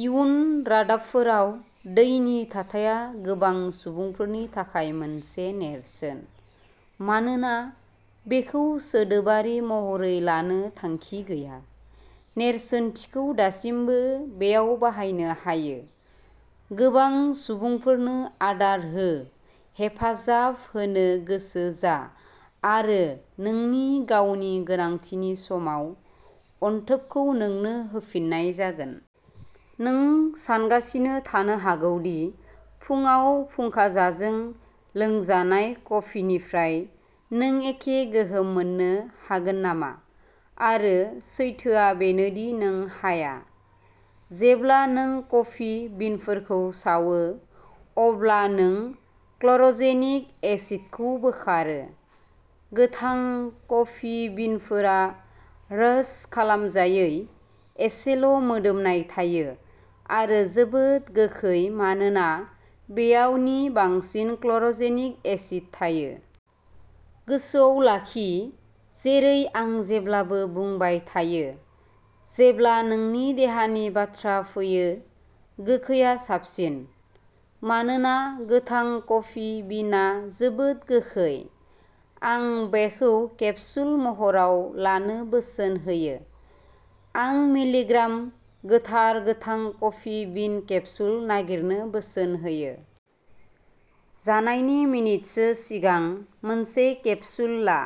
इयुन रादाबफोराव, दैनि थाथाया गोबां सुबुंफोरनि थाखाय मोनसे नेरसोन। मानोना बेखौ सोदोबारि महरै लानो थांखि गैया, नेरसोनथिखौ दासिमबो बेयाव बाहायनो हायोः गोबां सुबुंफोरनो आदार हो-हेफाजाब होनो गोसो जा आरो नोंनि गावनि गोनांथिनि समाव, अनथोबखौ नोंनो होफिननाय जागोन। नों सानगासिनो थानो हागौ दि फुंआव फुंखाजाजों लोंजानाय कफिनिफ्राय नों एखे गोहोम मोननो हागोन नामा-आरो सैथोआ बेनो दि नों हाया। जेब्ला नों कफि बिनफोरखौ सावो, अब्ला नों क्ल'र'जेनिक एसिडखौ बोखारो। गोथां कफि बिनफोरा रोस्ट खालामजायै, एसेल'मोदोमनाय थायो आरो जोबोद गोखै-मानोना बेयाव नि बांसिन क्ल'र'जेनिक एसिड थायो। गोसोआव लाखि, जेरै आं जेब्लाबो बुंबाय थायो, जेब्ला नोंनि देहानि बाथ्रा फैयो, "गोखैआ साबसिन"। मानोना गोथां कफि बिनआ जोबोद गोखै, आं बेखौ केप्सुल महराव लानो बोसोन होयो। आं मिलिग्राम गोथार गोथां कफि बिन केप्सुल नागिरनो बोसोन होयो। जानायनि मिनिटसो सिगां मोनसे केप्सुल ला;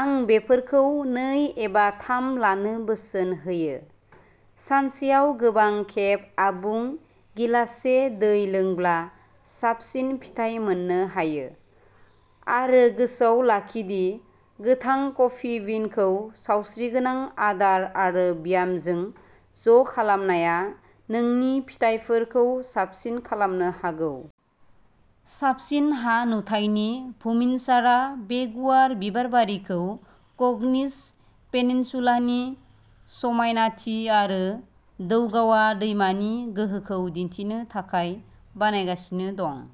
आं बेफोरखौ नै एबा थाम लानो बोसोन होयो। सानसेयाव गोबां खेब आबुं गिलाससे दै लोंब्ला साबसिन फिथाय मोननो हायो। आरो गोसोआव लाखि दि गोथां कफि बिनखौ सावस्रिगोनां आदार आरो ब्यामजों ज'खालामनाया नोंनि फिथाइफोरखौ साबसिन खालामनो हागौ! साबसिन हा-नुथायनि बुमिनसारआ बे गुवार बिबारबारिखौ क'कनिज पेनिनसुलानि समायनाथि आरो दौगावा दैमानि गोहोखौ दिन्थिनो थाखाय बानायगासिनो दं।